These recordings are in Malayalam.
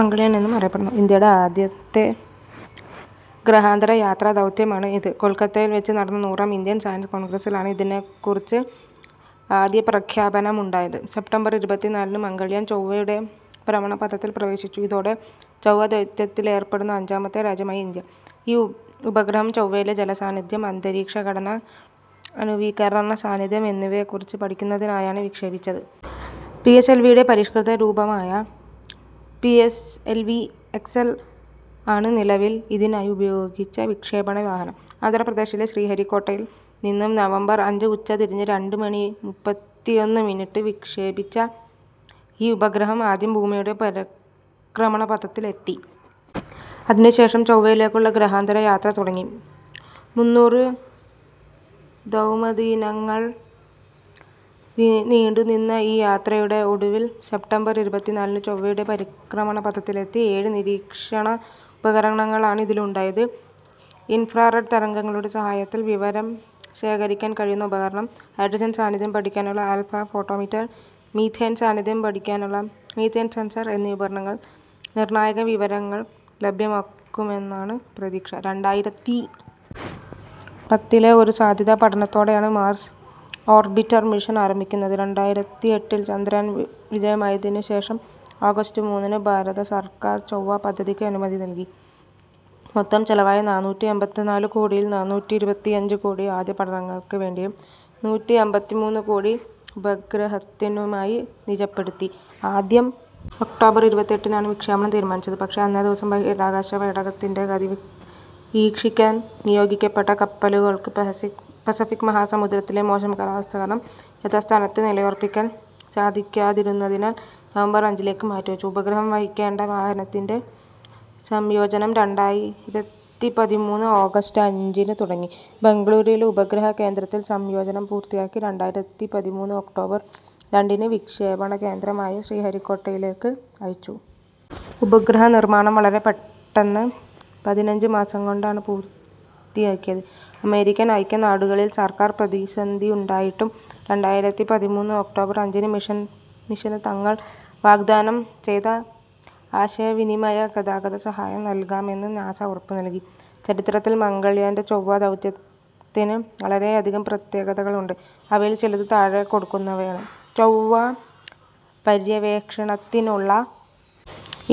മംഗൾയാൻ എന്നും അറിയപ്പെടുന്നു. ഇന്ത്യയുടെ ആദ്യത്തെ ഗ്രഹാന്തര യാത്രാദൗത്യമാണ് ഇത്. കൊൽക്കത്തയിൽ വെച്ച് നടന്ന നൂറാം ഇന്ത്യൻ സയൻസ് കോൺഗ്രസ്സിലാണ് ഇതിനെക്കുറിച്ച് ആദ്യപ്രഖ്യാപനമുണ്ടായത്. സെപ്റ്റംബർ ഇരുപത്തിനാലിന് മംഗൾയാൻ ചൊവ്വയുടെ ഭ്രമണപഥത്തിൽ പ്രവേശിച്ചു. ഇതോടെ ചൊവ്വാദൗത്യത്തിലേർപ്പെടുന്ന അഞ്ചാമത്തെ രാജ്യമായി ഇന്ത്യ.ഈ ഉപഗ്രഹം ചൊവ്വയിലെ ജലസാന്നിധ്യം, അന്തരീക്ഷ ഘടന, അണുവികിരണ സാന്നിധ്യം എന്നിവയെക്കുറിച്ച് പഠിക്കുന്നതിനായാണ് വിക്ഷേപിച്ചത്. പി എസ് എൽ വി യുടെ പരിഷ്കൃത രൂപമായ P S L V X L ആണ് നിലവിൽ ഇതിനായി ഉപയോഗിച്ച വിക്ഷേപണ വാഹനം. ആന്ധ്രാപ്രദേശിലെ ശ്രീഹരിക്കോട്ടയിൽ നിന്നും നവംബർ അഞ്ച് ഉച്ചതിരിഞ്ഞ് രണ്ട് മണി മുപ്പത്തിയെട്ട് മിനിറ്റിന് വിക്ഷേപിച്ച ഈ ഉപഗ്രഹം ആദ്യം ഭൂമിയുടെ പരിക്രമണപഥത്തിൽ എത്തി. അതിനുശേഷം ചൊവ്വയിലേക്കുള്ള ഗ്രഹാന്തര യാത്ര തുടങ്ങി. മുന്നൂറ് ഭൗമദിനങ്ങൾ നീണ്ടുനിന്ന ഈ യാത്രയുടെ ഒടുവിൽ സെപ്റ്റംബർ ഇരുപത്തിനാലിന് ചൊവ്വയുടെ പരിക്രമണപഥത്തിൽ എത്തി.ഏഴ് നിരീക്ഷണ ഉപകരണങ്ങളാണ് ഇതിലുണ്ടായിരുന്നത്. ഇൻഫ്രാറെഡ് തരംഗങ്ങളുടെ സഹായത്താൽ വിവരം ശേഖരിക്കാൻ കഴിയുന്ന ഉപകരണം, ഹൈഡ്രജൻ സാന്നിധ്യം പഠിക്കാനുള്ള ആൽഫാ ഫോട്ടോമീറ്റർ, മീഥേൻ സാന്നിധ്യം പഠിക്കാനുള്ള മീഥേൻ സെൻസർ എന്നീ ഉപകരണങ്ങൾ നിർണായക വിവരങ്ങൾ ലഭ്യമാക്കുമെന്നാണ് പ്രതീക്ഷ. രണ്ടായിരത്തി പത്തിലെ ഒരു സാധ്യതാ പഠനത്തോടെയാണ് മാർസ് ഓർബിറ്റർ മിഷൻ ആരംഭിക്കുന്നത്. രണ്ടായിരത്തി എട്ടിൽ ചന്ദ്രയാൻ വിജയമായതിനു ശേഷം ആഗസ്റ്റ് മൂന്നിന് ഭാരത സർക്കാർ ചൊവ്വാ പദ്ധതിക്ക് അനുമതി നൽകി. മൊത്തം ചെലവായ നാനൂറ്റിയമ്പത്തിനാല് കോടിയിൽ നൂറ്റിയിരുപത്തിയഞ്ച് കോടി ആദ്യ പഠനങ്ങൾക്ക് വേണ്ടിയും നൂറ്റിയമ്പത്തിമൂന്ന് കോടി ഉപഗ്രഹത്തിനുമായി നിജപ്പെടുത്തി. ആദ്യം ഒക്ടോബർ ഇരുപത്തിയെട്ടിനാണ് വിക്ഷേപണം തീരുമാനിച്ചിരുന്നത്. പക്ഷേ അന്നേ ദിവസം ബഹിരാകാശപേടകത്തിന്റെ ഗതി വീക്ഷിക്കാൻ നിയോഗിക്കപ്പെട്ട കപ്പലുകൾക്ക് പസഫിക് മഹാസമുദ്രത്തിലെ മോശം കാലാവസ്ഥ കാരണം യഥാസ്ഥാനത്ത് നിലയുറപ്പിക്കാൻ സാധിക്കാതിരുന്നതിനാൽ നവംബർ അഞ്ചിലേക്ക് മാറ്റിവച്ചു. ഉപഗ്രഹം വഹിക്കേണ്ട വാഹനത്തിന്റെ സംയോജനം രണ്ടായിരത്തി പതിമൂന്ന് ആഗസ്റ്റ് അഞ്ചിന് തുടങ്ങി. ബാംഗ്ലൂരിലെ ഉപഗ്രഹ കേന്ദ്രത്തിൽ സംയോജനം പൂർത്തിയാക്കി രണ്ടായിരത്തി പതിമൂന്ന് ഒക്ടോബർ രണ്ടിന് വിക്ഷേപണ കേന്ദ്രമായ ശ്രീഹരിക്കോട്ടയിലേക്ക് അയച്ചു. ഉപഗ്രഹ നിർമ്മാണം വളരെ പെട്ടെന്ന് പതിനഞ്ച് മാസം കൊണ്ടാണ് പൂർത്തിയാക്കിയത്. അമേരിക്കൻ ഐക്യനാടുകളിൽ സർക്കാർ പ്രതിസന്ധി ഉണ്ടായിട്ടും രണ്ടായിരത്തി പതിമൂന്ന് ഒക്ടോബർ അഞ്ചിന് മിഷന് തങ്ങൾ വാഗ്ദാനം ചെയ്ത ആശയവിനിമയ ഗതാഗത സഹായം നൽകാമെന്ന് നാസ ഉറപ്പുനൽകി. ചരിത്രത്തിൽ മംഗൾയാന്റെ ചൊവ്വാ ദൗത്യത്തിന് വളരെയധികം പ്രത്യേകതകൾ ഉണ്ട്. അവയിൽ ചിലത് താഴെ കൊടുക്കുന്നവയാണ്. ചൊവ്വാപര്യവേഷണത്തിനുള്ള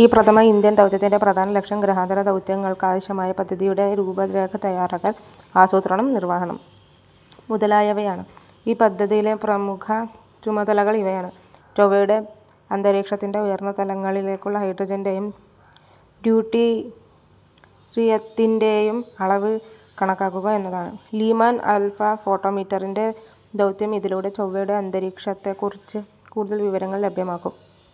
ഈ പ്രഥമ ഇന്ത്യൻ ദൗത്യത്തിന്റെ പ്രധാന ലക്ഷ്യം ഗ്രഹാന്തര ദൗത്യങ്ങൾക്കാവശ്യമായ പദ്ധതിയുടെ രൂപരേഖ തയ്യാറാക്കൽ, ആസൂത്രണം, നിർവഹണം മുതലായവയാണ്.ഈ പദ്ധതിയിലെ പ്രമുഖ ചുമതലകൾ ഇവയാണ്. ചൊവ്വയുടെ അന്തരീക്ഷത്തിന്റെ ഉയർന്ന തലങ്ങളിലുള്ള ഹൈഡ്രജന്റെയും ഡ്യൂട്ടീരിയത്തിന്റെയും അളവ് കണക്കാക്കുക എന്നതാണ് ലിമാൻ ആൽഫാ ഫോട്ടോമീറ്ററിന്റെ ദൗത്യം. ഇതിലൂടെ ചൊവ്വയുടെ അന്തരീക്ഷത്തെക്കുറിച്ച് കൂടുതൽ വിവരങ്ങൾ ലഭ്യമാകും.